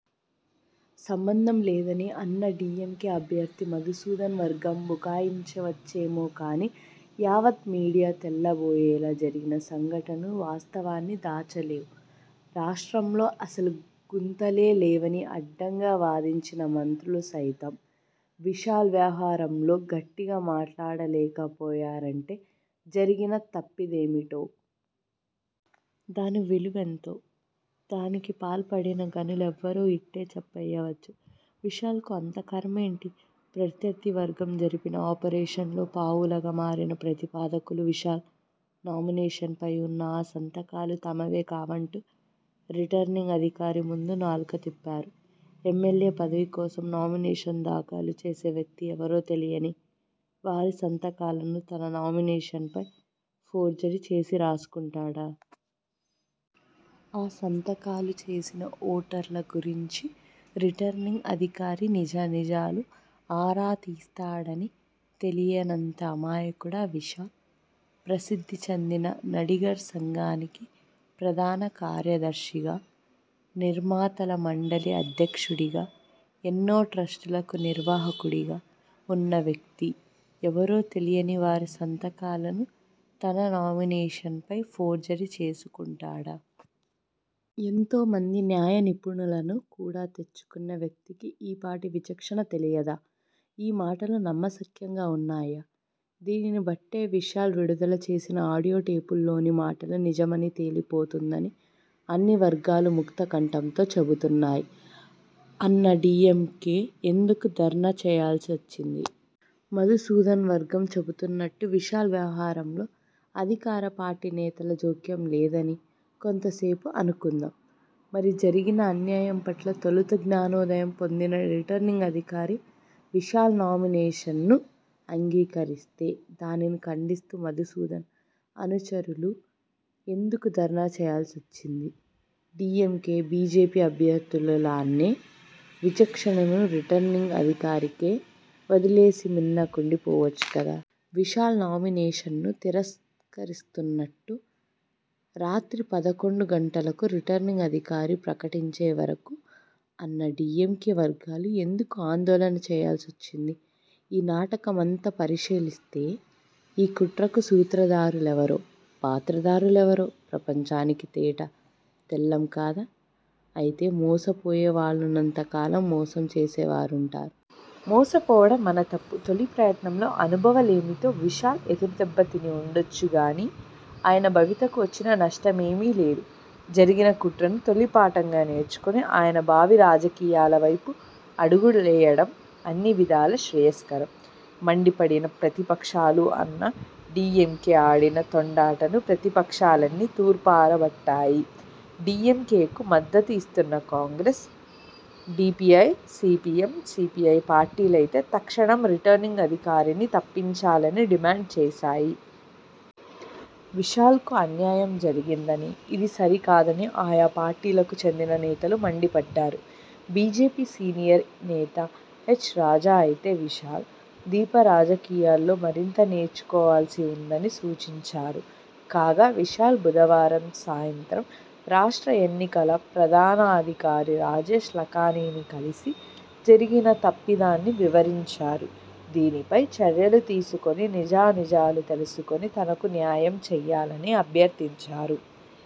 సంబంధం లేదని అన్నా డీఎంకే అభ్యర్థి మధుసూదన్ వర్గం బుకాయించ వచ్చేమో కానీ యావత్ మీడియా తెల్ల బోయేలా జరిగిన సంఘటనలు వాస్తవాన్ని దాచలేవు. రాష్ట్రంలో అసలు గుంతలే లేవని అడ్డంగా వాదించిన మంత్రులు సైతం, విశాల్ వ్యవహారంలో గట్టిగా మాట్లాడలేక పోయారంటే, జరిగిన తప్పిద మేంటో? దాని 'విలువెంతో'? దానికి పాల్పడిన ఘనులెవ్వరో ఇట్టే చెప్పయ్య వచ్చు. విశాల్కు అంత ఖర్మేంటి? ప్రత్యర్థి వర్గం జరిపిన 'ఆపరేషన్'లో పావులుగా మారిన 'ప్రతి పాదకులు', విశాల్ నామినేషన్ పయి వున్న ఆ సంతకాలు తమవి కావంటూ రిటర్నింగ్ అధికారి ముందు నాలుక తిప్పారు. ఎమ్మెల్యే పదవి కోసం నామినేషన్ దాఖలు చేసే వ్యక్తి ఎవరో తెలియని వారి సంతకాలను తన నామినేషన్పై ఫోర్జరీ చేసి రాసుకుంటాడా? ఆ సంతకాలు చేసిన ఓటర్ల గురించి రిటర్నింగ్ అధికారి నిజా నిజాలు ఆరా తీస్తాడని తెలియ నంత అమాయకుడా విశాల్? ప్రసిద్ధి చెందిన నడిగర్ సంఘానికి ప్రధాన కార్య దర్శిగా, నిర్మాతల మండలి అధ్యక్షుడిగా, ఎన్నో ట్రస్టులకు నిర్వాహకుడిగా వున్న వ్యక్తి, ఎవరో తెలియని వారి సంతకాలను తన నామినేషన్పై ఫోర్జరీ చేసుకుంటాడా? ఎంతో మంది న్యాయ నిపుణులను కూడా తెచ్చుకున్న వ్యక్తి కి ఈ పాటి విచక్షణ తెలియదా? ఈ మాటలు నమ్మశక్యంగా వున్నాయా? దీనిని బట్టే విశాల్ విడుదల చేసిన ఆడియో టేపుల్లోని మాటలు నిజమని తేలి పోతోందని అన్ని వర్గాలు ముక్త కంఠంతో చెబుతున్నాయి. అన్నా డీఎంకే ఎందుకు ధర్నా చేయాల్సి వచ్చింది? మధుసూదన్ వర్గం చెబుతున్నట్టు విశాల్ వ్యవహారంలో అధికార పార్టీ నేతల జోక్యం లేదని కొంతసేపు అనుకుందాం! మరి జరిగిన అన్యాయం పట్ల తొలుత జ్ఞానోదయం పొందిన రిటర్నింగ్ అధికారి విశాల్ నామినేషన్ను అంగీకరిస్తే, దానిని ఖండిస్తూ మధుసూదన్ అనుచరులు ఎందుకు ధర్నా చేయాల్సి వచ్చింది? డీఎంకే, బీజేపీ అభ్యర్థు ల్లానే విచక్షణను రిటర్నింగ్ అధికారికే వదిలేసి మిన్న కుండి పోవచ్చు కదా! విశాల్ నామినేషన్ను తిరస్కరిస్తున్నట్టు రాత్రి పదకొండు గంటలకు రిటర్నింగ్ అధికారి ప్రకటించే వరకూ అన్నా డీఎంకే వర్గాలు ఎందుకు ఆందోళన చేయాల్సి వచ్చింది? ఈ నాటక మంతా పరిశీలిస్తే ఈ కుట్రకు సూత్రధారు లెవరో, పాత్రధారు లెవరో ప్రపంచానికి తేట తెల్లం కాదా? అయితే మోసపోయే వాళ్లున్నంత కాలం మోసం చేసేవారుంటారు. మోసపోవడం మన తప్పు. తొలిప్రయత్నంలో అనుభవలేమితో విశాల్ ఎదురుదెబ్బ తిని వుండొచ్చు గానీ ఆయన భవితకు వచ్చిన నష్టమేమీ లేదు. జరిగిన కుట్రను 'తొలిపాఠం'గా నేర్చుకుని ఆయన భావి రాజకీయాలవైపు అడుగులేయడం అన్ని విధాలా శ్రేయస్కరం. మండిపడిన ప్రతిపక్షాలుఅన్నాడీఎంకే ఆడిన తొండాటను ప్రతిపక్షాలన్నీ తూర్పారబట్టాయి. డీఎంకేకు మద్దతు ఇస్తున్న కాంగ్రెస్, డీపీఐ, సీపీఎం, సీపీఐ పార్టీలైతే తక్షణం రిటర్నింగ్ అధికారిని తప్పించాలని డిమాండ్ చేశాయి. విశాల్కు అన్యాయం జరిగిందని, ఇది సరి కాదని ఆయా పార్టీలకు చెందిన నేతలు మండిపడ్డారు. బీజేపీ సీనియర్ నేత హెచ్. రాజా అయితే విశాల్, దీప రాజకీయాల్లో మరింత నేర్చుకోవాల్సి వుందని సూచించారు. కాగా విశాల్ బుధవారం సాయంత్రం రాష్ట్ర ఎన్నికల ప్రధానాధికారి రాజేష్ లఖానీని కలిసి జరిగిన తప్పిదాన్ని వివరించారు. దీనిపై చర్యలు తీసుకుని నిజానిజాలు తెలుసుకుని తనకు న్యాయం చేయాలని అభ్యర్థించారు.